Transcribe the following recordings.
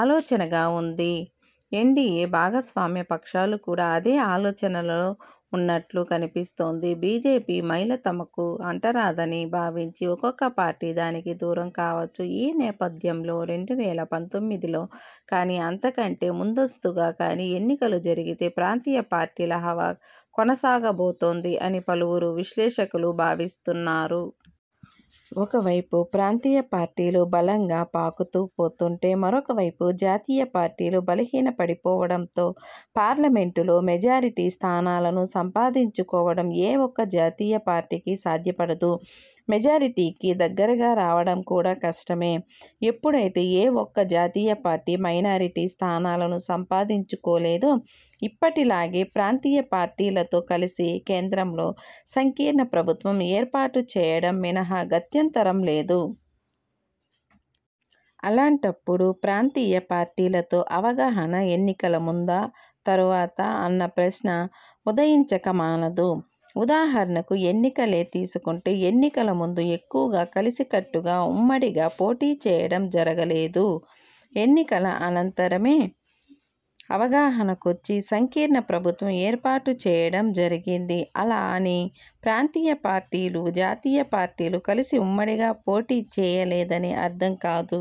ఆలోచనగా వుంది. ఎన్డీయే భాగస్వామ్య పక్షాలు కూడా అదే ఆలోచనలో వున్నట్లు కనిపిస్తోంది. బీజేపీ మైల తమకు అంటరాదని భావించి ఒక్కొక్క పార్టీ దానికి దూరం కావచ్చు. ఈ నేపథ్యంలో రెండు వేల పంతొమ్మిదిలో కాని, అంతకంటే ముందస్తుగా కాని ఎన్నికలు జరిగితే, ప్రాంతీయ పార్టీల హవా కొనసాగబోతోంది అని పలువురు విశ్లేషకులు భావిస్తున్నారు. ఒకవైపు ప్రాంతీయ పార్టీలు బలంగా పాతుకు పోతుంటే, మరొకవైపు, జాతీయ పార్టీలు బలహీన పడిపోవడంతో, పార్లమెంటులో మెజారిటీ స్థానాలను సంపాదించుకోవడం ఏ ఒక్క జాతీయ పార్టీకి సాధ్యపడదు. మెజారిటీకి దగ్గరగా రావడం కూడా కష్టమే. ఎప్పుడైతే, ఏ ఒక్క జాతీయ పార్టీ మెజారిటీ స్థానాలను సంపాదించుకోలేదో, ఇప్పటి లాగే, ప్రాంతీయ పార్టీలతో కలిసి కేంద్రంలో సంకీర్ణ ప్రభుత్వం ఏర్పాటు చేయడం మినహా గత్యంతరం లేదు. అలాంటప్పుడు ప్రాంతీయ పార్టీలతో అవగాహన ఎన్నికల ముందా? తరువాతా? అన్న ప్రశ్న ఉదయించక మానదు. ఉదాహరణకు ఎన్నికలే తీసుకుంటే, ఎన్నికల ముందు ఎక్కువగా కలిసి కట్టుగా-ఉమ్మడిగా పోటీ చేయడం జరగలేదు. ఎన్నికల అనంతరమే అవగాహన కొచ్చి సంకీర్ణ ప్రభుత్వం ఏర్పాటు చేయడం జరిగింది. అలా అని ప్రాంతీయ పార్టీలు, జాతీయ పార్టీలు కలిసి ఉమ్మడిగా పోటీ చేయలేదని అర్థం కాదు.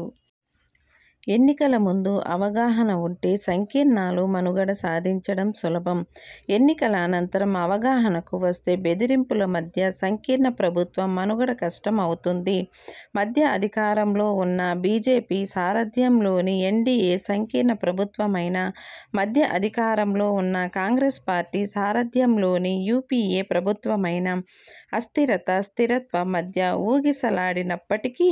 ఎన్నికల ముందు అవగాహన వుంటే సంకీర్ణాలు మనుగడ సాగించడం సులభం. ఎన్నికల అనంతరం అవగాహనకు వస్తే, బెదిరింపుల మధ్య, సంకీర్ణ ప్రభుత్వం మనుగడ కష్టం అవుతుంది. మధ్య అధికారంలో వున్న బీజేపీ సారథ్యంలోని ఎన్డీయే సంకీర్ణ ప్రభుత్వమైనా, మధ్య అధికారంలో వున్న కాంగ్రెస్ పార్టీ సారథ్యంలోని యూపీఏ ప్రభుత్వమైనా, అస్థిరత– స్థిరత్వం మధ్య ఊగిసలాడినప్పటికీ,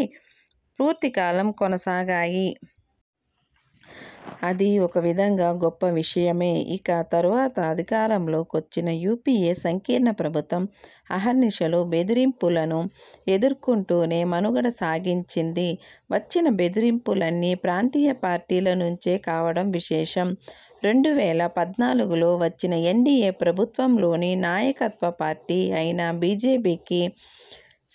పూర్తికాలం కొనసాగాయి. అది ఒక విధంగా గొప్ప విషయమే. ఇక తరువాత అధికారంలో కొచ్చిన యూపీఏ సంకీర్ణ ప్రభుత్వం అహర్నిశలూ బెదిరింపులను ఎదుర్కుంటూనే మనుగడ సాగించింది. వచ్చిన బెదిరింపులన్నీ ప్రాంతీయ పార్టీల నుంచే కావడం విశేషం. రెండు వేల పద్నాలుగులో వచ్చిన ఎన్డీయే ప్రభుత్వంలోని నాయకత్వపార్టీ అయిన బీజేపీకి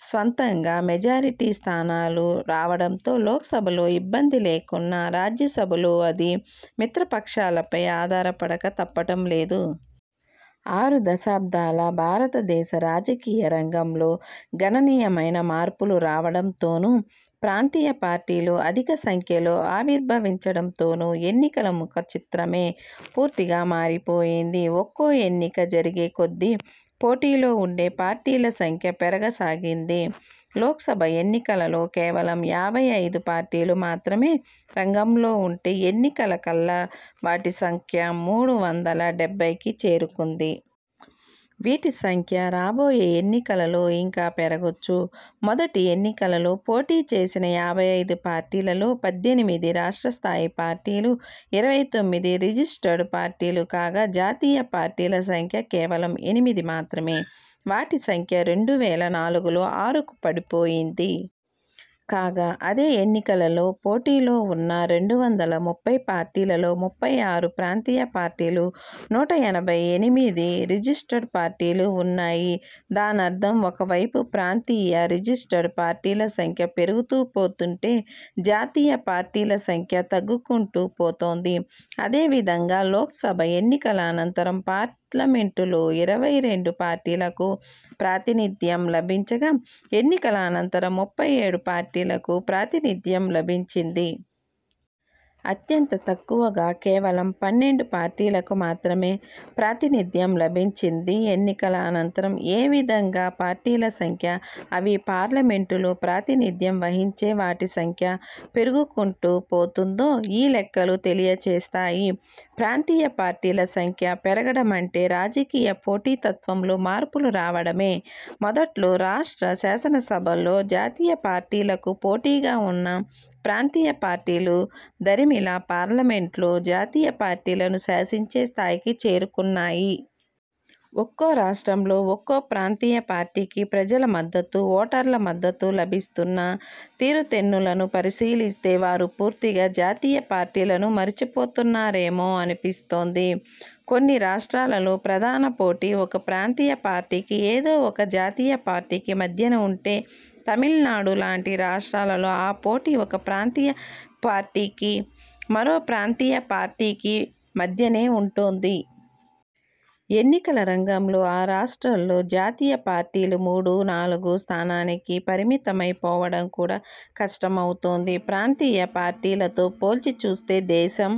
స్వంతంగా మెజారిటీస్థానాలు రావడంతో లోక్సభలో ఇబ్బంది లేకున్నా రాజ్యసభలో అది మిత్రపక్షాలపై ఆధారపడక తప్పటం లేదు. ఆరు దశాబ్దాల భారతదేశ రాజకీయ రంగంలో గణనీయమైన మార్పులు రావడంతోను, ప్రాంతీయ పార్టీలు అధికసంఖ్యలో ఆవిర్భవించడంతోను, ఎన్నికల ముఖచిత్రమే పూర్తిగా మారిపోయింది. ఒక్కో ఎన్నిక జరిగే కొద్దీ, పోటీలో వుండే పార్టీల సంఖ్య పెరగ సాగింది. లోక్సభ ఎన్నికలలో కేవలం యాభై ఐదు పార్టీలు మాత్రమే రంగంలో వుంటే, ఎన్నికల కల్లా వాటి సంఖ్య మూడు వందల డెబ్బైకి చేరుకుంది. వీటి సంఖ్య రాబోయే ఎన్నికలలో ఇంకా పెరగొచ్చు. మొదటి ఎన్నికలలో పోటీ చేసిన యాభై ఐదు పార్టీలలో, పద్దెనిమిది రాష్ట్రస్థాయి పార్టీలు, ఇరవై తొమ్మిది రిజిస్టర్డ్ పార్టీలు కాగా జాతీయ పార్టీల సంఖ్య కేవలం ఎనిమిది మాత్రమే! వాటి సంఖ్య రెండు వేల నాలుగులో ఆరుకు పడిపోయింది. కాగా అదే ఎన్నికలలో పోటీలో వున్న రెండు వందల ముప్పై పార్టీలలో, ముప్పై ఆరు ప్రాంతీయ పార్టీలు, నూట ఎనభై ఎనిమిది రిజిస్టర్డ్ పార్టీలు వున్నాయి. దానర్థం ఒకవైపు ప్రాంతీయ– రిజిస్టర్డ్ పార్టీల సంఖ్య పెరుగుతూ పోతుంటే, జాతీయ పార్టీల సంఖ్య తగ్గుకుంటూ పోతోంది. అదేవిధంగా లోక్సభ ఎన్నికల అనంతరం పార్లమెంటులో ఇరవై రెండు పార్టీలకు ప్రాతినిధ్యం లభించగా, ఎన్నికల అనంతరం ముప్పై ఏడు పార్టీలకు ప్రాతినిధ్యం లభించింది. అత్యంత తక్కువగా కేవలం పన్నెండు పార్టీలకు మాత్రమే ప్రాతినిధ్యం లభించింది ఎన్నికల అనంతరం. ఏ విధంగా పార్టీల సంఖ్య, అవి పార్లమెంటులో ప్రాతినిధ్యం వహించే వాటి సంఖ్య పెరుగుకుంటూ పోతుందో ఈ లెక్కలు తెలియచేస్తాయి. ప్రాంతీయపార్టీల సంఖ్య పెరగడమంటే, రాజకీయ పోటీతత్వంలో మార్పులు రావడమే. మొదట్లో, రాష్ట్ర శాసనసభల్లో జాతీయపార్టీలకు పోటీగా వున్న ప్రాంతీయ పార్టీలు దరిమిలా పార్లమెంట్లో జాతీయపార్టీలను శాసించే స్థాయికి చేరుకున్నాయి. ఒక్కోరాష్ట్రంలో, ఒక్కో ప్రాంతీయపార్టీకి ప్రజల మద్దతు– ఓటర్ల మద్దతు లభిస్తున్న తీరుతెన్నులను పరిశీలిస్తే, వారు పూర్తిగా జాతీయ పార్టీలను మరిచిపోతున్నారేమో అనిపిస్తోంది. కొన్నిరాష్ట్రాలలో ప్రధాన పోటీ ఒక ప్రాంతీయ పార్టీకి, ఏదో ఒక జాతీయ పార్టీకి మధ్యన వుంటే, తమిళనాడు లాంటి రాష్ట్రాలలో ఆ పోటీ ఒక ప్రాంతీయ పార్టీకి, మరో ప్రాంతీయ పార్టీకి మధ్యనే వుంటోంది. ఎన్నికల రంగంలో ఆ రాష్ట్రాల్లో జాతీయ పార్టీలు మూడు– నాలుగు స్థానానికి పరిమితమై పోవడం కూడా కష్టమవుతోంది. ప్రాంతీయ పార్టీలతో పోల్చిచూస్తే, దేశం